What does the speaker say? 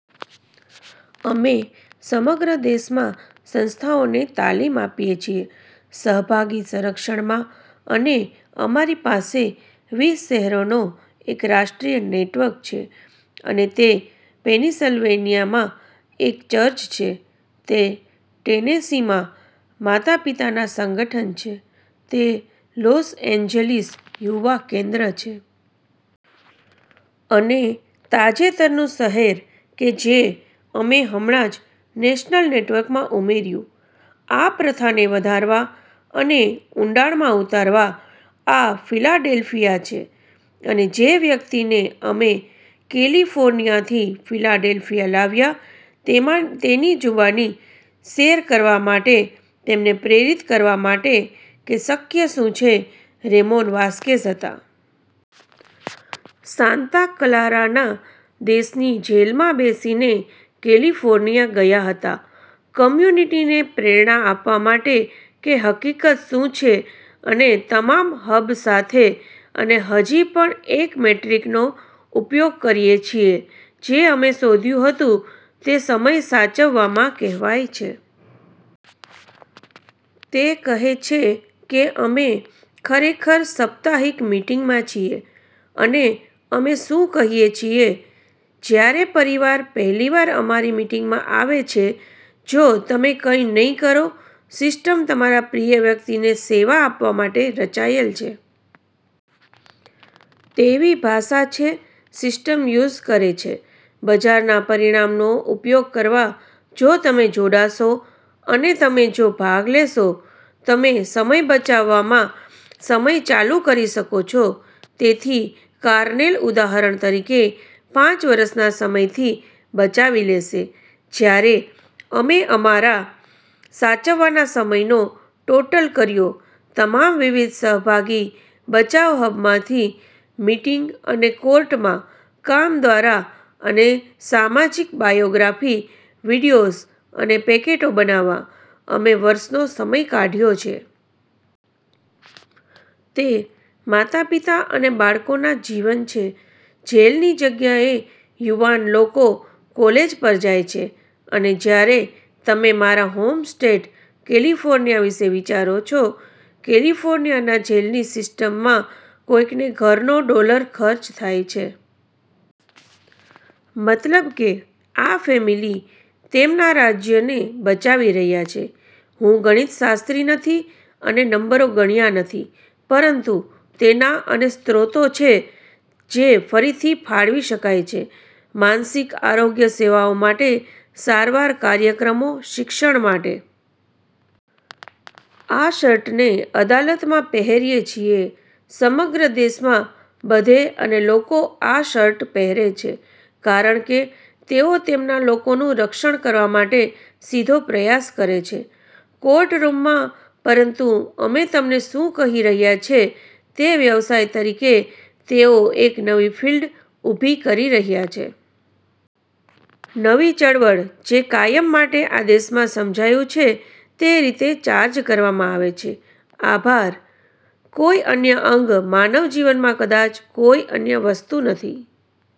અમે સમગ્ર દેશમાં સંસ્થાઓને તાલીમ આપીએ છીએ સહભાગી સંરક્ષણમાં. અને અમારી પાસે વીસ શહેરોનો એક રાષ્ટ્રીય નેટવર્ક છે. અને તે પેન્સિલવેનિયામાં એક ચર્ચ છે. તે ટેનેસીમાં માતા-પિતાના સંગઠન છે. તે લોસ એન્જલિસ યુવા કેન્દ્ર છે. અને તાજેતરનું શહેર કે જે અમે હમણાં જ નેશનલ નેટવર્કમાં ઉમેર્યું આ પ્રથાને વધારવા અને ઊંડાણમાં ઉતારવા આ ફિલાડેલ્ફિયા છે. અને જે વ્યક્તિને અમે કેલિફોર્નિયાથી ફિલાડેલ્ફિયા લાવ્યા તેમની જુબાની શેર કરવા માટે, તેમને પ્રેરિત કરવા માટે કે શક્ય શું છે, રેમોન વાસકેઝ હતા. સાંતા ક્લારાના દેશની જેલમાં બેસીને કેલિફોર્નિયા ગયા હતા કમ્યુનિટીને પ્રેરણા આપવા માટે કે હકિકત શું છે. અને તમામ હબ સાથે અને હજી પણ એક મેટ્રિકનો ઉપયોગ કરીએ છીએ જે અમે શોધ્યું હતું. તે સમય સાચવવામાં કહેવાય છે. તે કહે છે કે અમે ખરેખર સપ્તાહિક મીટીંગમાં છીએ. અને અમે શું કહીએ છીએ જ્યારે પરિવાર પહેલીવાર અમારી મીટીંગમાં આવે છે. જો તમે કઈ નહિ કરો. સિસ્ટમ તમારા પ્રિય વ્યક્તિને સેવા આપવા માટે રચાયેલ છે. તેવી ભાષા છે, સિસ્ટમ યુઝ કરે છે, બજારના પરિણામનો ઉપયોગ કરવા. જો તમે જોડાશો અને તમે જો ભાગ લેશો, તમે સમય બચાવવામાં સમય ચાલુ કરી શકો છો. તેથી કારનેલ ઉદાહરણ તરીકે પાંચ વર્ષના સમયથી બચાવી લેશે જ્યારે અમે અમારા સાચવવાના સમયનો ટોટલ કર્યો તમામ વિવિધ સહભાગી બચાવ હબ માંથી, મીટીંગ અને કોર્ટમાં કામ દ્વારા અને સામાજિક બાયોગ્રાફી વિડિયોઝ અને પેકેટો બનાવવા, અમે વર્ષનો સમય કાઢ્યો છે. તે માતા-પિતા અને બાળકોના જીવન છે. જેલની જગ્યાએ યુવાન લોકો કોલેજ પર જાય છે અને જ્યારે તમે મારા હોમ સ્ટેટ કેલિફોર્નિયા વિશે વિચારો છો, કેલિફોર્નિયાના જેલની સિસ્ટમમાં કોઈકને ઘરનો ડોલર ખર્ચ થાય છે. મતલબ કે આ ફેમિલી તેમના રાજ્યને બચાવી રહ્યા છે. હું ગણિતશાસ્ત્રી નથી અને નંબરો ગણ્યા નથી, પરંતુ તેનાં અને સ્ત્રોતો છે જે ફરીથી ફાળવી શકાય છે માનસિક આરોગ્ય સેવાઓ માટે, સારવાર કાર્યક્રમો શિક્ષણ માટે. આ શર્ટને અદાલતમાં પહેરીએ છીએ સમગ્ર દેશમાં બધે અને લોકો આ શર્ટ પહેરે છે કારણ કે તેઓ તેમના લોકોનું રક્ષણ કરવા માટે સીધો પ્રયાસ કરે છે કોર્ટ રૂમમાં પરંતુ અમે તમને શું કહી રહ્યા છે તે વ્યવસાય તરીકે તેઓ એક નવી ફિલ્ડ ઊભી કરી રહ્યા છે. નવી ચળવળ, જે કાયમ માટે આ દેશમાં સમજાયું છે તે રીતે ચાર્જ કરવામાં આવે છે. આભાર! કોઈ અન્ય અંગ, માનવ જીવનમાં કદાચ કોઈ અન્ય વસ્તુ નથી.